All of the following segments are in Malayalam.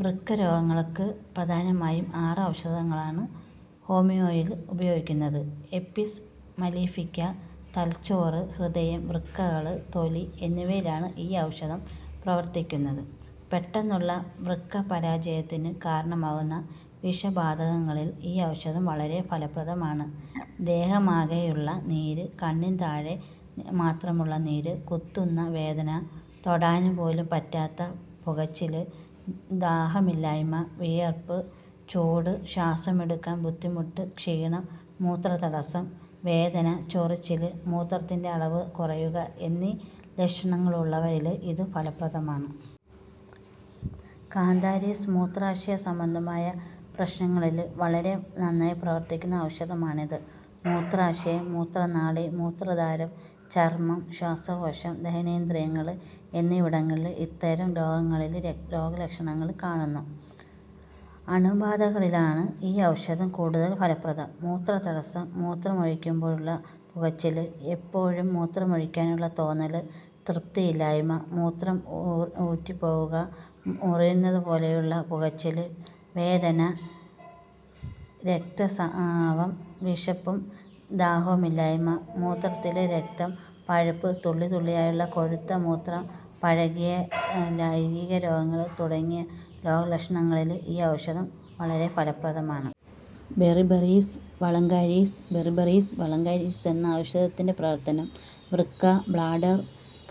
വൃക്കരോഗങ്ങള്ക്ക് പ്രധാനമായും ആറ് ഔഷധങ്ങളാണ് ഹോമിയോയില് ഉപയോഗിക്കുന്നത്. എപ്പിസ് മലിഫിക്ക തലച്ചോറ്, ഹൃദയം, വൃക്കകള്, തൊലി എന്നിവയിലാണ് ഈ ഔഷധം പ്രവര്ത്തിക്കുന്നത്. പെട്ടെന്നുള്ള വൃക്കപരാജയത്തിനു കാരണമാകുന്ന വിഷബാധകളില് ഈ ഔഷധം വളരെ ഫലപ്രദമാണ്. ദേഹമാകെയുള്ള നീര്, കണ്ണിനു താഴെ മാത്രമുള്ള നീര്, കുത്തുന്ന വേദന, തൊടാന് പോലും പറ്റാത്ത പുകച്ചില്, ദാഹമില്ലായ്മ, വിയര്പ്പ്, ചൂട്, ശ്വാസമെടുക്കാന് ബുദ്ധിമുട്ട്, ക്ഷീണം, മൂത്രതടസ്സം, വേദന, ചൊറിച്ചില്, മൂത്രത്തിന്റെ അളവ് കുറയുക എന്നീ ലക്ഷണങ്ങളുള്ളവരില് ഇതു ഫലപ്രദമാണ്. കാന്താരിസ് മൂത്രാശയ സംബന്ധമായ പ്രശ്നങ്ങളില് വളരെ നന്നായി പ്രവര്ത്തിക്കുന്ന ഔഷധമാണിത്. മൂത്രാശയം, മൂത്രനാളി, മൂത്രദ്വാരം, ചര്മ്മം, ശ്വാസകോശം, ദഹനേന്ദ്രിയങ്ങള് എന്നിവിടങ്ങളില് ഇത്തരം രോഗികളില് രോഗലക്ഷണങ്ങള് കാണുന്നു. അണുബാധകളിലാണ് ഈ ഔഷധം കൂടുതല് ഫലപ്രദം. മൂത്രതടസ്സം, മൂത്രമൊഴിക്കുമ്പോഴുള്ള പുകച്ചില്, എപ്പോഴും മൂത്രമൊഴിക്കാനുള്ള തോന്നല്, തൃപ്തിയില്ലായ്മ, മൂത്രം ഉറ്റിപ്പോവുക, മുറിയുന്നതുപോലെയുള്ള പുകച്ചില്, വേദന, രക്തസാവം, വിശപ്പും ദാഹവുമില്ലായ്മ, മൂത്രത്തില് രക്തം, പഴുപ്പ്, തുള്ളിതുള്ളിയായുള്ള കൊഴുത്ത മൂത്രം, പഴകിയ ലൈംഗിക രോഗങ്ങള് തുടങ്ങിയ രോഗലക്ഷണങ്ങളില് ഈ ഔഷധം വളരെ ഫലപ്രദമാണ്. ബെറിബറിസ് വളഗാരിസ് ബെറിബറിസ് വളഗാരിസ് എന്ന ഔഷധത്തിന്റെ പ്രവര്ത്തനം വൃക്ക, ബ്ലാഡര്,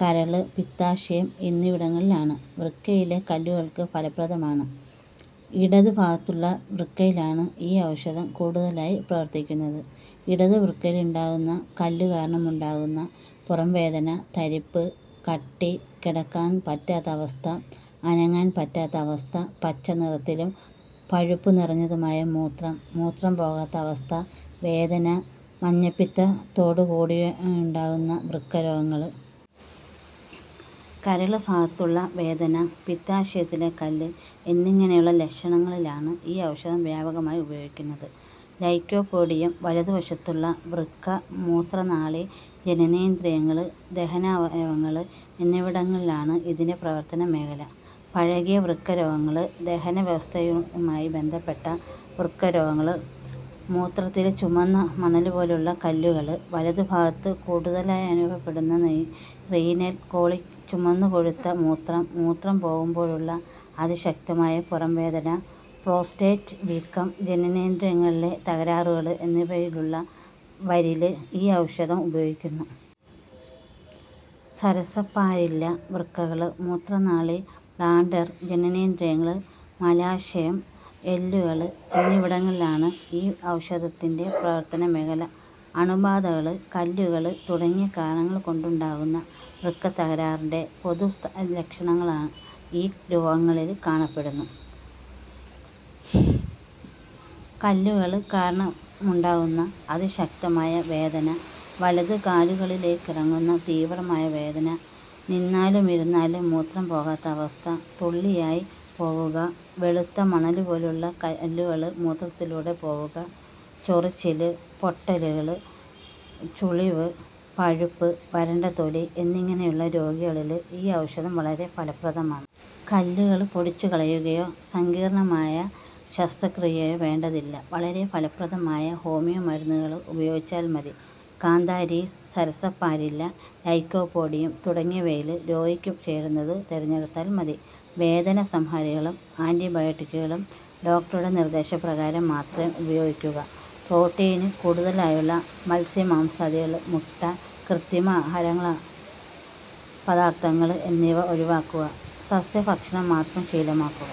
കരള്, പിത്താശയം എന്നിവിടങ്ങളിലാണ്. വൃക്കയിലെ കല്ലുകള്ക്ക് ഫലപ്രദമാണ്. ഇടതു ഭാഗത്തുള്ള വൃക്കയിലാണ് ഈ ഔഷധം കൂടുതലായി പ്രവര്ത്തിക്കുന്നത്. ഇടതു വൃക്കയിലുണ്ടാകുന്ന കല്ലു കാരണമുണ്ടാകുന്ന പുറംവേദന, തരിപ്പ്, കട്ടി, കിടക്കാന് പറ്റാത്ത അവസ്ഥ, അനങ്ങാന് പറ്റാത്ത അവസ്ഥ, പച്ചനിറത്തിലും പഴുപ്പു നിറഞ്ഞതുമായ മൂത്രം, മൂത്രം പോകാത്ത അവസ്ഥ, വേദന, മഞ്ഞപ്പിത്തത്തോടു കൂടിയുണ്ടാകുന്ന വൃക്കരോഗങ്ങള്. കരള്ഭാഗത്തുള്ള വേദന, പിത്താശയത്തിലെ കല്ല് എന്നിങ്ങനെയുള്ള ലക്ഷണങ്ങളിലാണ് ഈ ഔഷധം വ്യാപകമായി ഉപയോഗിക്കുന്നത്. ലൈക്കോപോഡിയം വലതുവശത്തുള്ള വൃക്ക, മൂത്രനാളി, ജനനേന്ദ്രിയങ്ങള്, ദഹനാവയവങ്ങള് എന്നിവിടങ്ങളാണ് ഇതിന്റെ പ്രവര്ത്തനമേഖല. പഴകിയ വൃക്കരോഗങ്ങള്, ദഹനവ്യവസ്ഥയുമായി ബന്ധപ്പെട്ട വൃക്കരോഗങ്ങള്, മൂത്രത്തില് ചുമന്ന മണലുപോലുള്ള കല്ലുകള്, വലതുഭാഗത്ത് കൂടുതലായനുഭവപ്പെടുന്ന റീനല് കോളിക്, ചുമന്നു കൊഴുത്ത മൂത്രം, മൂത്രം പോകുമ്പോഴുള്ള അതിശക്തമായ പുറംവേദന, പ്രോസ്റ്റേറ്റ് വീക്കം, ജനനേന്ദ്രിയങ്ങളിലെ തകരാറുകള് എന്നിവയിലുള്ള വരില് ഈ ഔഷധം ഉപയോഗിക്കുന്നു. സരസപ്പാരില്ല വൃക്കകള്, മൂത്രനാളി, ബ്ലാൻഡര്, ജനനേന്ദ്രിയങ്ങള്, മലാശയം, എല്ലുകള് എന്നിവിടങ്ങളിലാണ് ഈ ഔഷധത്തിന്റെ പ്രവര്ത്തന മേഖല. അണുബാധകള്, കല്ലുകള് തുടങ്ങിയ കാരണങ്ങള്കൊണ്ടുണ്ടാകുന്ന വൃക്കത്തകരാറിന്റെ പൊതുലക്ഷണങ്ങള് ഈ രോഗികളില് കാണപ്പെടുന്നു. കല്ലുകള് കാരണമുണ്ടാകുന്ന അതിശക്തമായ വേദന, വലതുകാലുകളിലേക്കിറങ്ങുന്ന തീവ്രമായ വേദന, നിന്നാലുമിരുന്നാലും മൂത്രം പോകാത്ത അവസ്ഥ, തുള്ളിയായി പോവുക, വെളുത്ത മണലുപോലുള്ള കല്ലുകള് മൂത്രത്തിലൂടെ പോവുക, ചൊറിച്ചില്, പൊട്ടലുകള്, ചുളിവ്, പഴുപ്പ്, വരണ്ട തൊലി എന്നിങ്ങനെയുള്ള രോഗികളില് ഈ ഔഷധം വളരെ ഫലപ്രദമാണ്. കല്ലുകള് പൊടിച്ചുകളയുകയോ സങ്കീര്ണമായ ശസ്ത്രക്രിയയോ വേണ്ടതില്ല. വളരെ ഫലപ്രദമായ ഹോമിയോ മരുന്നുകള് ഉപയോഗിച്ചാല് മതി. കാന്താരിസ്, സരസപ്പാരില്ല, ലൈക്കോപോഡിയം തുടങ്ങിയവയില് രോഗിക്ക് ചേരുന്നത് തിരഞ്ഞെടുത്താല് മതി. വേദന സംഹാരികളും ആന്റിബയോട്ടിക്കുകളും ഡോക്ടറുടെ നിര്ദേശപ്രകാരം മാത്രം ഉപയോഗിക്കുക. പ്രോട്ടീന് കൂടുതലായുള്ള മത്സ്യമാംസാദികള്, മുട്ട, കൃത്രിമ ആഹാരപദാര്ഥങ്ങള് എന്നിവ ഒഴിവാക്കുക. സസ്യഭക്ഷണം മാത്രം ശീലമാക്കുക.